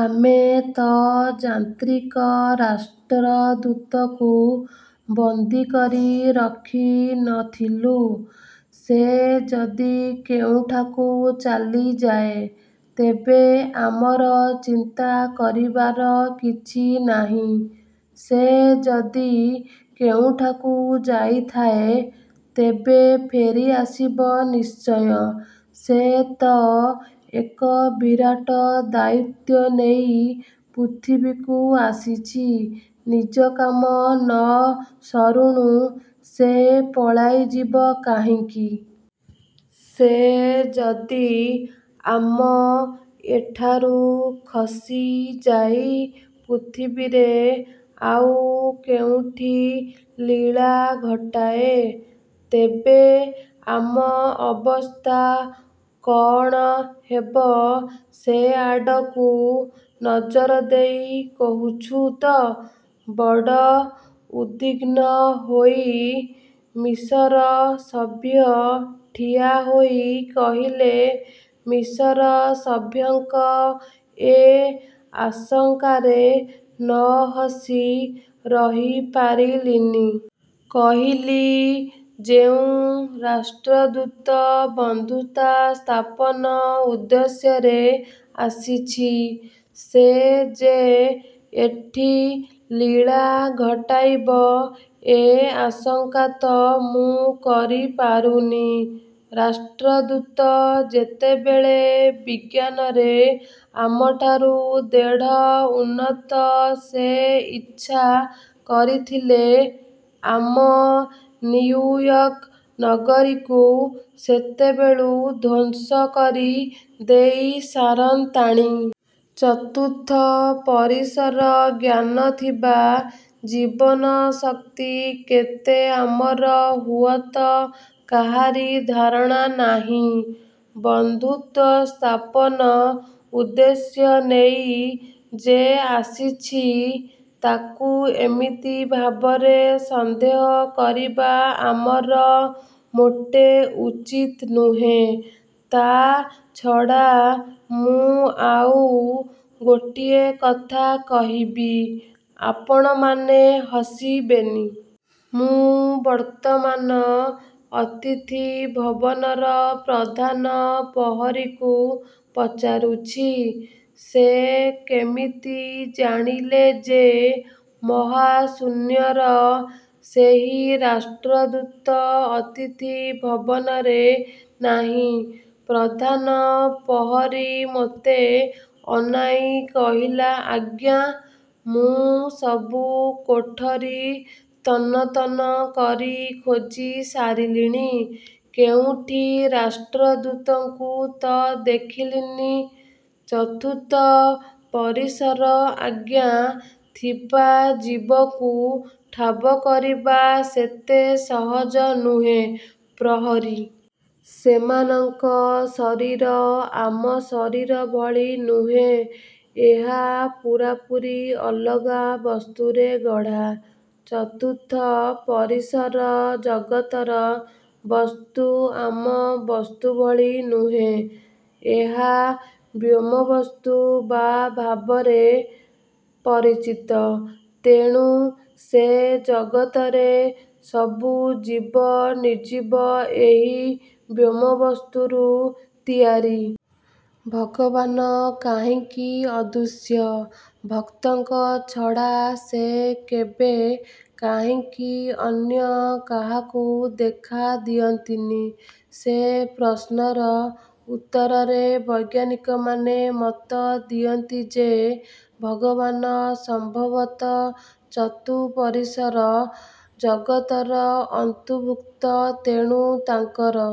ଆମେ ତ ଯାନ୍ତ୍ରିକ ରାଷ୍ଟ୍ରଦୂତକୁ ବନ୍ଦୀକରି ରଖି ନ ଥିଲୁ, ସେ ଯଦି କେଉଁଠାକୁ ଚାଲିଯାଏ, ତେବେ ଆମର ଚିନ୍ତା କରିବାର କିଛି ନାହିଁ। ସେ ଯଦି କେଉଁଠାକୁ ଯାଇଥାଏ, ତେବେ ଫେରିଆସିବ ନିଶ୍ଚୟ। ସେ ତ ଏକ ବିରାଟ ଦାୟିତ୍ୱ ନେଇ ପୃଥିବୀକୁ ଆସିଛି ନିଜ କାମ ନ ସରୁଣୁ ସେ ପଳାଇଯିବ କାହିଁକି? 'ସେ ଯଦି ଆମ ଏଠାରୁ ଖସିଯାଇ ପୃଥିବୀରେ ଆଉ କେଉଁଠି ଲୀଳା ଘଟାଏ, ତେବେ ଆମ ଅବସ୍ଥା କଅଣ ହେବ ସେଆଡ଼କୁ ନଜର ଦେଇ କହୁଛୁ ତ? ବଡ଼ ଉଦ୍ବିଘ୍ନ ହୋଇ ମିଶର ସଭ୍ୟ ଠିଆହୋଇ କହିଲେ ମିଶର ସଭ୍ୟଙ୍କ ଏ ଆଶଙ୍କାରେ ନ ହସି ରହିପାରିଲିନି। କହିଲି, ଯେଉଁ ରାଷ୍ଟ୍ରଦୂତ ବନ୍ଧୁତା ସ୍ଥାପନ ଉଦ୍ଦେଶ୍ୟରେ ଆସିଛି, ସେ ଯେ ଏଠି ଲୀଳା ଘଟାଇବ ଏ ଆଶଙ୍କା ତ ମୁଁ କରି ପାରୁନି। ରାଷ୍ଟ୍ରଦୂତ ଯେତେବେଳେ ବିଜ୍ଞାନରେ ଆମଠାରୁ ଢେର ଉନ୍ନତ ସେ ଇଚ୍ଛା କରିଥିଲେ, ଆମ ନିଉୟର୍କ ନଗରୀକୁ କେତେବେଳୁଁ ଧ୍ୱଂସ କରି ଦେଇ ସାରନ୍ତାଣି। ଚତୁର୍ଥ ପରିସର ଜ୍ଞାନ ଥିବା ଜୀବର ଶକ୍ତି କେତେ ଆମର ହୁଅତ କାହାରି ଧାରଣା ନାହିଁ, ବନ୍ଧୁତ୍ୱସ୍ଥାପନ ଉଦ୍ଦେଶ୍ୟ ନେଇ ଯେ ଆସିଛି, ତାକୁ ଏମିତି ଭାବରେ ସନ୍ଦେହ କରିବା ଆମର ମୋଟେ ଉଚିତ୍ ନୁହେଁ। ତା ଛଡ଼ା ମୁଁ ଆଉ ଗୋଟିଏ କଥା କହିବି, ଆପଣମାନେ ହସିବେନି। ମୁଁ ବର୍ତ୍ତମାନ ଅତିଥିଭବନର ପ୍ରଧାନ ପ୍ରହରୀକୁ ପଚାରୁଛି, ସେ କେମିତି ଜାଣିଲେ ଯେ ମହାଶୂନ୍ୟର ସେହି ରାଷ୍ଟ୍ରଦୂତ ଅତିଥିଭବନରେ ନାହିଁ। ପ୍ରଧାନ ପ୍ରହରୀ ମୋତେ ଅନାଇଁ କହିଲା ଆଜ୍ଞା, ମୁଁ ସବୁ କୋଠରୀ ତନ୍ନତନ୍ନ କରି ଖୋଜି ସାରିଲିଣି କେଉଁଠି ରାଷ୍ଟ୍ରଦୂତଙ୍କୁ ତ ଦେଖିଲିନି। ଚତୁର୍ଥ ପରିସର ଜ୍ଞାନ ଥିବା ଜୀବକୁ ଠାବ କରିବା ସେତେ ସହଜ ନୁହେ ପ୍ରହରୀ। ସେମାନଙ୍କ ଶରୀର ଆମ ଶରୀର ଭଳି ନୁହେଁ ଏହା ପୂରାପୂରି ଅଲଗା ବସ୍ତୁରେ ଗଢ଼ା। ଚତୁର୍ଥ ପରିସର ଜଗତର ବସ୍ତୁ ଆମ ବସ୍ତୁଭଳି ନୁହେଁ। ଏହା ବ୍ୟୋମବସ୍ତୁ ବା ଭାବରେ। ପରିଚିତ; ତେଣୁ ସେ ଜଗତରେ ସବୁ ଜୀବ, ନିର୍ଜୀବ, ଏହି ବ୍ୟୋମ ବସ୍ତୁରୁ ତିଆରି। ଭଗବାନ କାହିଁକି ଅଦୃଶ୍ୟ, ଭକ୍ତଙ୍କ ଛଡ଼ା ସେ କେବେ କାହିଁକି ଅନ୍ୟ କାହାକୁ ଦେଖା ଦିଅନ୍ତିନି, ସେ ପ୍ରଶ୍ନର ଉତ୍ତରରେ ବୈଜ୍ଞାନିକମାନେ ମତ ଦିଅନ୍ତି ଯେ ଭଗବାନ ସମ୍ଭବତଃ ଚତୁଃପରିସର ଜଗତର ଅନ୍ତର୍ଭୁକ୍ତ ତେଣୁ ତାଙ୍କର